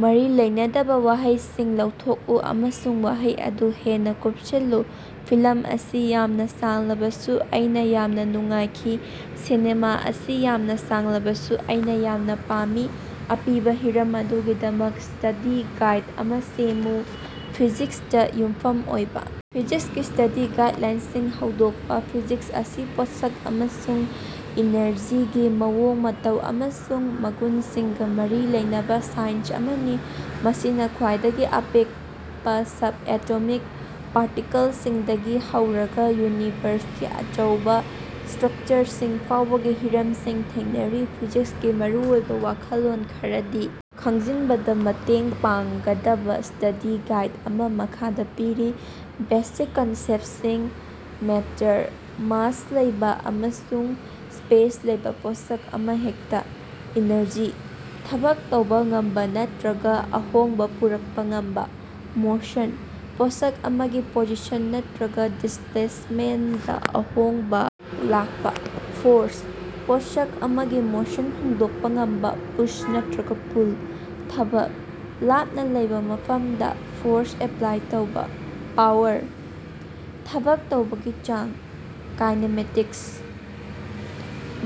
ꯃꯔꯤ ꯂꯩꯅꯗꯕ ꯋꯥꯍꯩꯁꯤꯡ ꯂꯧꯊꯣꯛꯎ ꯑꯃꯁꯨꯡ ꯋꯥꯍꯩ ꯑꯗꯨ ꯍꯦꯟꯅ ꯀꯨꯞꯁꯤꯜꯂꯨ꯫ ꯐꯤꯂꯝ ꯑꯁꯤ ꯌꯥꯝꯅ ꯁꯥꯡꯂꯕꯁꯨ ꯑꯩꯅ ꯌꯥꯝꯅ ꯅꯨꯡꯉꯥꯏꯈꯤ꯫ ꯁꯤꯅꯦꯃꯥ ꯑꯁꯤ ꯌꯥꯝꯅ ꯁꯥꯡꯂꯕꯁꯨ ꯑꯩꯅ ꯌꯥꯝꯅ ꯄꯥꯝꯃꯤ꯫ ꯑꯄꯤꯕ ꯍꯤꯔꯝ ꯑꯗꯨꯒꯤꯗꯃꯛ ꯁ꯭ꯇꯗꯤ ꯒꯥꯏꯗ ꯑꯃ ꯁꯦꯝꯃꯨ꯫ ꯐꯤꯖꯤꯛꯁꯇ ꯌꯨꯝꯐꯝ ꯑꯣꯏꯕ꯫ ꯐꯤꯖꯤꯛꯁꯀꯤ ꯁ꯭ꯇꯗꯤ ꯒꯥꯏꯗꯂꯥꯏꯟꯁꯤꯡ ꯍꯧꯗꯣꯛꯄ: ꯐꯤꯖꯤꯛꯁ ꯑꯁꯤ ꯄꯣꯠꯁꯛ ꯑꯃꯁꯨꯡ ꯏꯅꯔꯖꯤꯒꯤ ꯃꯑꯣꯡ ꯃꯇꯧ ꯑꯃꯁꯨꯡ ꯃꯒꯨꯟꯁꯤꯡꯒ ꯃꯔꯤ ꯂꯩꯅꯕ ꯁꯥꯏꯟꯁ ꯑꯃꯅꯤ꯫ ꯃꯁꯤꯅ ꯈ꯭ꯋꯥꯏꯗꯒꯤ ꯑꯄꯤꯛꯄ ꯁꯕꯑꯦꯇꯣꯃꯤꯛ ꯄꯥꯔꯇꯤꯀꯜꯁꯤꯡꯗꯒꯤ ꯍꯧꯔꯒ ꯌꯨꯅꯤꯚꯔꯁꯀꯤ ꯑꯆꯧꯕ ꯁ꯭ꯇ꯭ꯔꯛꯆꯔꯁꯤꯡ ꯐꯥꯎꯕꯒꯤ ꯍꯤꯔꯝꯁꯤꯡ ꯊꯦꯡꯅꯔꯤ꯫ ꯐꯤꯖꯤꯛꯁꯀꯤ ꯃꯔꯨꯑꯣꯏꯕ ꯋꯥꯈꯜꯂꯣꯟ ꯈꯔꯗꯤ ꯈꯪꯖꯤꯟꯕꯗ ꯃꯇꯦꯡ ꯄꯥꯡꯒꯗꯕ ꯁ꯭ꯇꯗꯤ ꯒꯥꯏꯗ ꯑꯃ ꯃꯈꯥꯗ ꯄꯤꯔꯤ꯫ ꯕꯦꯁꯤꯛ ꯀꯟꯁꯦꯞꯇꯁꯤꯡ: ꯃꯦꯇꯔ: ꯃꯥꯁ ꯂꯩꯕ ꯑꯃꯁꯨꯡ ꯁ꯭ꯄꯦꯁ ꯂꯧꯕ ꯄꯣꯠꯁꯛ ꯑꯃꯍꯦꯛꯇ꯫ ꯏꯅꯔꯖꯤ: ꯊꯕꯛ ꯇꯧꯕ ꯉꯝꯕ ꯅꯠꯇ꯭ꯔꯒ ꯑꯍꯣꯡꯕ ꯄꯨꯔꯛꯄ ꯉꯝꯕ꯫ ꯃꯣꯁꯟ: ꯄꯣꯠꯁꯛ ꯑꯃꯒꯤ ꯄꯣꯖꯤꯁꯟ ꯅꯠꯇ꯭ꯔꯒ ꯗꯤꯁꯄ꯭ꯂꯦꯁꯃꯦꯟꯇꯗ ꯑꯍꯣꯡꯕ ꯂꯥꯛꯄ ꯫ ꯐꯣꯔꯁ: ꯄꯣꯠꯁꯛ ꯑꯃꯒꯤ ꯃꯣꯁꯟ ꯍꯣꯡꯗꯣꯛꯄ ꯉꯝꯕ ꯄꯨꯁ ꯅꯠꯇ꯭ꯔꯒ ꯄꯨꯜ꯫ ꯊꯕꯛ: ꯂꯥꯞꯅ ꯂꯩꯕ ꯃꯐꯝꯗ ꯐꯣꯔꯁ ꯑꯦꯄ꯭ꯂꯥꯏ ꯇꯧꯕ꯫ ꯄꯥꯋꯔ: ꯊꯕꯛ ꯇꯧꯕꯒꯤ ꯆꯥꯡ꯫ ꯀꯤꯅꯦꯃꯦꯇꯤꯛꯁ: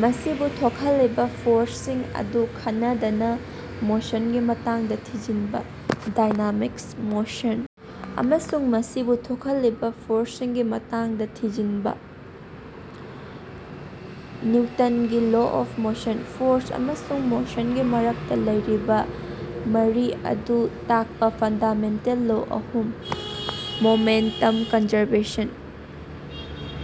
ꯃꯁꯤꯕꯨ ꯊꯣꯛꯍꯜꯂꯤꯕ ꯐꯣꯔꯁꯁꯤꯡ ꯑꯗꯨ ꯈꯟꯅꯗꯅ ꯃꯣꯁꯟꯒꯤ ꯃꯇꯥꯡꯗ ꯊꯤꯖꯤꯟꯕ꯫ ꯗꯥꯏꯅꯥꯃꯤꯛꯁ: ꯃꯣꯁꯟ ꯑꯃꯁꯨꯡ ꯃꯁꯤꯕꯨ ꯊꯣꯛꯍꯜꯂꯤꯕ ꯐꯣꯔꯁꯁꯤꯡꯒꯤ ꯃꯇꯥꯡꯗ ꯊꯤꯖꯤꯟꯕ꯫ ꯅꯤꯎꯇꯟꯒꯤ ꯂꯣ ꯑꯣꯐ ꯃꯣꯁꯟ: ꯐꯣꯔꯁ ꯑꯃꯁꯨꯡ ꯃꯣꯁꯟꯒꯤ ꯃꯔꯛꯇ ꯂꯩꯔꯤꯕ ꯃꯔꯤ ꯑꯗꯨ ꯇꯥꯛꯄ ꯐꯟꯗꯥꯃꯦꯟꯇꯦꯜ ꯂꯣ ꯑꯍꯨꯝ꯫ ꯃꯣꯃꯦꯟꯇꯝ ꯀꯟꯖꯔꯕꯦꯁꯟ: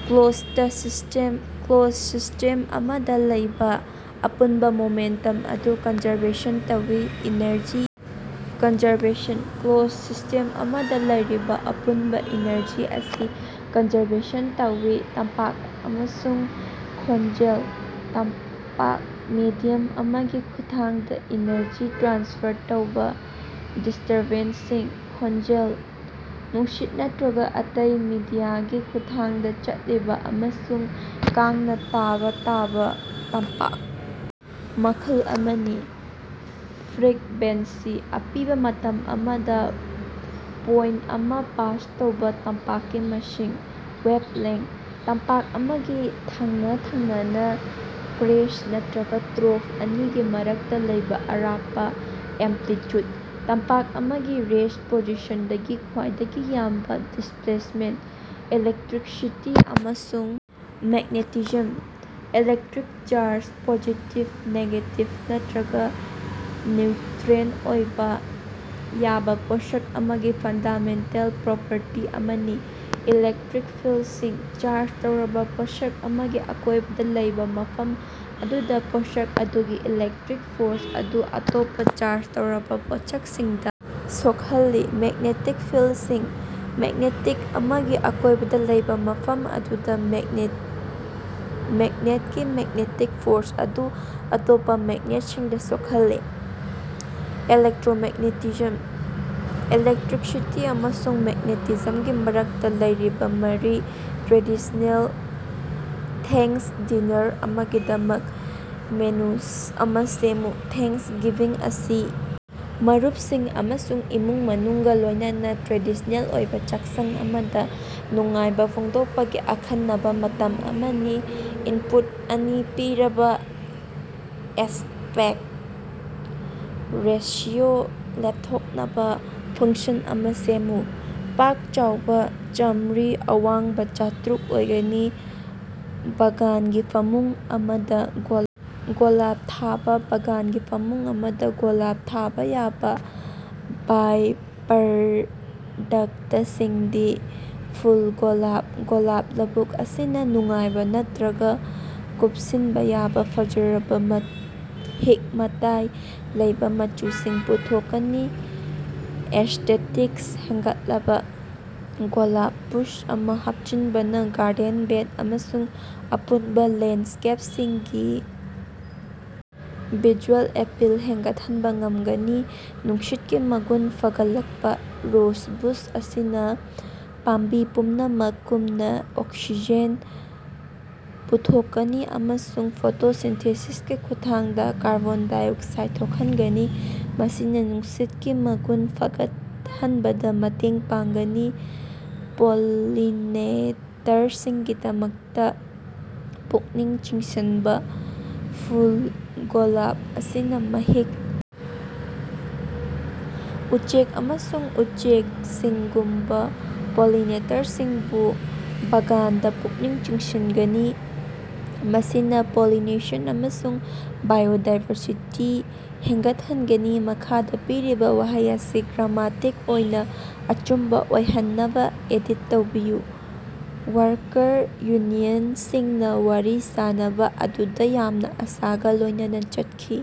ꯀ꯭ꯂꯣꯖꯗ ꯁꯤꯁꯇꯦꯝ ꯑꯃꯗ ꯂꯩꯕ ꯑꯄꯨꯟꯕ ꯃꯣꯃꯦꯟꯇꯝ ꯑꯗꯨ ꯀꯟꯖꯔꯕꯦꯁꯟ ꯇꯧꯏ꯫ ꯏꯅꯔꯖꯤ ꯀꯟꯖꯔꯕꯦꯁꯟ: ꯀ꯭ꯂꯣꯖꯗ ꯁꯤꯁꯇꯦꯝ ꯑꯃꯗ ꯂꯩꯔꯤꯕ ꯑꯄꯨꯟꯕ ꯑꯦꯅꯔꯖꯤ ꯑꯁꯤ ꯀꯟꯖꯔꯕꯦꯁꯟ ꯇꯧꯏ꯫ ꯇꯝꯄꯥꯛ ꯑꯃꯁꯨꯡ ꯈꯣꯟꯖꯦꯜ: ꯇꯝꯄꯥꯛ: ꯃꯦꯗꯤꯌꯝ ꯑꯃꯒꯤ ꯈꯨꯠꯊꯥꯡꯗ ꯑꯦꯅꯔꯖꯤ ꯇ꯭ꯔꯥꯟꯁꯐꯔ ꯇꯧꯕ, ꯗꯤꯁꯇꯔꯕꯦꯟꯁꯁꯤꯡ꯫ ꯈꯣꯟꯖꯦꯜ: ꯅꯨꯡꯁꯤꯠ ꯅꯠꯇ꯭ꯔꯒ ꯑꯇꯩ ꯃꯤꯗꯤꯌꯥꯒꯤ ꯈꯨꯠꯊꯥꯡꯗ ꯆꯠꯂꯤꯕ ꯑꯃꯁꯨꯡ ꯀꯥꯡꯅ ꯇꯥꯕ ꯌꯥꯕ ꯇꯝꯄꯥꯛ ꯃꯈꯜ ꯑꯃꯅꯤ꯫ ꯐ꯭ꯔꯤꯛꯕꯦꯟꯁꯤ: ꯑꯄꯤꯕ ꯃꯇꯝ ꯑꯃꯗ ꯄꯣꯏꯟꯇ ꯑꯃ ꯄꯥꯁ ꯇꯧꯕ ꯇꯝꯄꯥꯛꯀꯤ ꯃꯁꯤꯡ꯫ ꯋꯦꯕꯂꯦꯡꯊ: ꯇꯝꯄꯥꯛ ꯑꯃꯒꯤ ꯊꯪꯅ-ꯊꯪꯅꯅ ꯀ꯭ꯔꯦꯁ꯭ꯠ ꯅꯠꯇ꯭ꯔꯒ ꯇ꯭ꯔꯣꯐ ꯑꯅꯤꯒꯤ ꯃꯔꯛꯇ ꯂꯩꯕ ꯑꯔꯥꯞꯄ꯫ ꯑꯦꯝꯄ꯭ꯂꯤꯠꯌꯨꯗ: ꯇꯝꯄꯥꯛ ꯑꯃꯒꯤ ꯔꯦꯁ꯭ꯠ ꯄꯣꯖꯤꯁꯟꯗꯒꯤ ꯈ꯭ꯋꯥꯏꯗꯒꯤ ꯌꯥꯝꯕ ꯗꯤꯁꯄ꯭ꯂꯦꯁꯃꯦꯟꯇ꯫ ꯏꯂꯦꯛꯇ꯭ꯔꯤꯁꯤꯇꯤ ꯑꯃꯁꯨꯡ magnetism: electric charge: positive, negative ꯅꯠꯇ꯭ꯔꯒ ꯅ꯭ꯌꯨꯇ꯭ꯔꯦꯟꯇ ꯑꯣꯏꯕ ꯌꯥꯕ ꯄꯣꯠꯁꯛ ꯑꯃꯒꯤ ꯐꯟꯗꯥꯃꯦꯟꯇꯦꯜ ꯄ꯭ꯔꯣꯄꯔꯇꯤ ꯑꯃꯅꯤ꯫ ꯏꯂꯦꯛꯇ꯭ꯔꯤꯛ ꯐꯤꯜꯗꯁꯤꯡ: ꯆꯥꯔꯖ ꯇꯧꯔꯕ ꯄꯣꯠꯁꯛ ꯑꯃꯒꯤ ꯑꯀꯣꯏꯕꯗ ꯂꯩꯕ ꯃꯐꯝ ꯑꯗꯨꯗ ꯄꯣꯠꯁꯛ ꯑꯗꯨꯒꯤ ꯏꯂꯦꯛꯇ꯭ꯔꯤꯛ ꯐꯣꯔꯁ ꯑꯗꯨ ꯑꯇꯣꯞꯄ ꯆꯥꯔꯖ ꯇꯧꯔꯕ ꯄꯣꯠꯁꯛꯁꯤꯡꯗ ꯁꯣꯛꯍꯜꯂꯤ꯫ ꯃꯦꯒ꯭ꯅꯦꯇꯤꯛ ꯐꯤꯜꯗꯁꯤꯡ: ꯃꯦꯒ꯭ꯅꯦꯇꯤꯛ ꯑꯃꯒꯤ ꯑꯀꯣꯏꯕꯗ ꯂꯩꯕ ꯃꯐꯝ ꯑꯗꯨꯗ ꯃꯦꯒ꯭ꯅꯦꯇꯀꯤ ꯃꯦꯒ꯭ꯅꯦꯇꯤꯛ ꯐꯣꯔꯁ ꯑꯗꯨ ꯑꯇꯣꯞꯄ ꯃꯦꯒ꯭ꯅꯦꯇꯁꯤꯡꯗ ꯁꯣꯛꯍꯜꯂꯤ꯫ ꯏꯂꯦꯛꯇ꯭ꯔꯣꯃꯦꯒ꯭ꯅꯦꯇꯤꯖꯝ: ꯏꯂꯦꯛꯇ꯭ꯔꯤꯁꯤꯇꯤ ꯑꯃꯁꯨꯡ ꯃꯦꯒ꯭ꯅꯦꯇꯤꯖꯝꯒꯤ ꯃꯔꯛꯇ ꯂꯩꯔꯤꯕ ꯃꯔꯤ꯫ ꯇ꯭ꯔꯦꯗꯤꯁ꯭ꯅꯦꯜ ꯊ꯭ꯌꯦꯡꯀꯁ ꯗꯤꯅꯥꯔ ꯑꯃꯒꯤꯗꯃꯛ ꯃꯦꯅꯨ ꯑꯃ ꯁꯦꯝꯃꯨ꯫ ꯊ꯭ꯌꯦꯡꯀꯁ ꯒꯤꯚꯤꯡ ꯑꯁꯤ ꯃꯔꯨꯄꯁꯤꯡ ꯑꯃꯁꯨꯡ ꯏꯃꯨꯡ ꯃꯅꯨꯡꯒ ꯂꯣꯏꯅꯅ ꯇ꯭ꯔꯦꯗꯤꯁ꯭ꯅꯦꯜ ꯑꯣꯏꯕ ꯆꯥꯛꯁꯪ ꯑꯃꯗ ꯅꯨꯡꯉꯥꯏꯕ ꯐꯣꯡꯗꯣꯛꯄꯒꯤ ꯑꯈꯟꯅꯕ ꯃꯇꯝ ꯑꯃꯅꯤ꯫ ꯏꯟꯄꯨꯠ ꯑꯅꯤ ꯄꯤꯔꯕ ꯑꯦꯁꯄꯦꯛꯇ ꯔꯦꯁꯤꯑꯣ ꯂꯦꯞꯊꯣꯛꯅꯕ ꯐꯪꯁꯟ ꯑꯃ ꯁꯦꯝꯃꯨ꯫ ꯄꯥꯛ ꯆꯥꯎꯕ ꯆꯥꯝꯃꯔꯤ, ꯑꯋꯥꯡꯕ ꯆꯥꯇ꯭ꯔꯨꯛ ꯑꯣꯏꯒꯅꯤ꯫ ꯕꯥꯒꯥꯟꯒꯤ ꯐꯃꯨꯡ ꯑꯃꯗ ꯒꯣꯂꯥꯞ ꯊꯥꯕ꯫ ꯕꯥꯒꯥꯟꯒꯤ ꯐꯃꯨꯡ ꯑꯃꯗ ꯒꯣꯂꯥꯞ ꯊꯥꯕ ꯌꯥꯕ ꯕꯥꯏꯄꯔꯗꯛꯇꯁꯤꯡꯗꯤ: ꯐꯨꯜ ꯒꯣꯂꯥꯞ: ꯒꯣꯂꯥꯞ ꯂꯧꯕꯨꯛ ꯑꯁꯤꯅ ꯅꯨꯡꯉꯥꯏꯕ ꯅꯠꯇ꯭ꯔꯒ ꯀꯨꯞꯁꯤꯟꯕ ꯌꯥꯕ ꯐꯖꯔꯕ, ꯃꯍꯤꯛ-ꯃꯇꯥꯏ ꯂꯩꯕ ꯃꯆꯨꯁꯤꯡ ꯄꯨꯊꯣꯛꯀꯅꯤ꯫ ꯑꯦꯁꯇꯦꯇꯤꯛꯁ ꯍꯦꯟꯒꯠꯂꯛꯄ: ꯒꯣꯂꯥꯞ ꯕꯨꯁ ꯑꯃ ꯍꯥꯞꯆꯤꯟꯕꯅ ꯒꯥꯔꯗꯦꯟ ꯕꯦꯗ ꯑꯃꯁꯨꯡ ꯑꯄꯨꯟꯕ ꯂꯦꯟꯗꯁ꯭ꯀꯦꯄꯤꯡꯒꯤ ꯚꯤꯖꯨꯑꯦꯜ ꯑꯦꯄꯤꯜ ꯍꯦꯟꯒꯠꯍꯟꯕ ꯉꯝꯒꯅꯤ꯫ ꯅꯨꯡꯁꯤꯠꯀꯤ ꯃꯒꯨꯟ ꯐꯒꯠꯂꯛꯄ: ꯔꯣꯖ ꯕꯨꯁ ꯑꯁꯤꯅ ꯄꯥꯝꯕꯤ ꯄꯨꯝꯅꯃꯛꯒꯨꯝꯅ ꯑꯣꯛꯁꯤꯖꯦꯟ ꯄꯨꯊꯣꯛꯀꯅꯤ ꯑꯃꯁꯨꯡ ꯐꯣꯇꯣꯁꯤꯟꯊꯦꯁꯤꯁꯀꯤ ꯈꯨꯠꯊꯥꯡꯗ ꯀꯥꯔꯕꯣꯟ ꯗꯥꯏꯑꯣꯛꯁꯥꯏꯗ ꯊꯣꯛꯍꯟꯒꯅꯤ, ꯃꯁꯤꯅ ꯅꯨꯡꯁꯤꯠꯀꯤ ꯃꯒꯨꯟ ꯐꯒꯠꯍꯟꯕꯗ ꯃꯇꯦꯡ ꯄꯥꯡꯒꯅꯤ꯫ ꯄꯣꯂꯤꯅꯦꯇꯔꯁꯤꯡꯒꯤꯗꯃꯛꯇ ꯄꯨꯛꯅꯤꯡ ꯆꯤꯡꯁꯤꯟꯕ: ꯐꯨꯜ ꯒꯣꯂꯥꯞ ꯑꯁꯤꯅ ꯃꯍꯤꯛ, ꯎꯆꯦꯛ ꯑꯃꯁꯨꯡ ꯎꯆꯦꯛꯁꯤꯡꯒꯨꯝꯕ ꯄꯣꯂꯤꯅꯦꯇꯔꯁꯤꯡꯕꯨ ꯕꯥꯒꯥꯟꯗ ꯄꯨꯛꯅꯤꯡ ꯆꯤꯡꯁꯤꯟꯒꯅꯤ, ꯃꯁꯤꯅ ꯄꯣꯂꯤꯅꯦꯁꯟ ꯑꯃꯁꯨꯡ ꯕꯥꯏꯑꯣꯗꯥꯏꯚꯔꯁꯤꯇꯤ ꯍꯦꯟꯒꯠꯍꯟꯒꯅꯤ꯫ ꯃꯈꯥꯗ ꯄꯤꯔꯤꯕ ꯋꯥꯍꯩ ꯑꯁꯤ ꯒ꯭ꯔꯥꯃꯥꯇꯤꯛ ꯑꯣꯏꯅ ꯑꯆꯨꯝꯕ ꯑꯣꯏꯍꯟꯅꯕ ꯑꯦꯗꯤꯠ ꯇꯧꯕꯤꯌꯨ꯫ ꯋꯥꯔꯀꯔ ꯌꯨꯅꯤꯌꯟꯁꯤꯡꯅ ꯋꯥꯔꯤ ꯁꯥꯅꯕ ꯑꯗꯨꯗ ꯌꯥꯝꯅ ꯑꯁꯥꯒ ꯂꯣꯏꯅꯅ ꯆꯠꯈꯤ꯫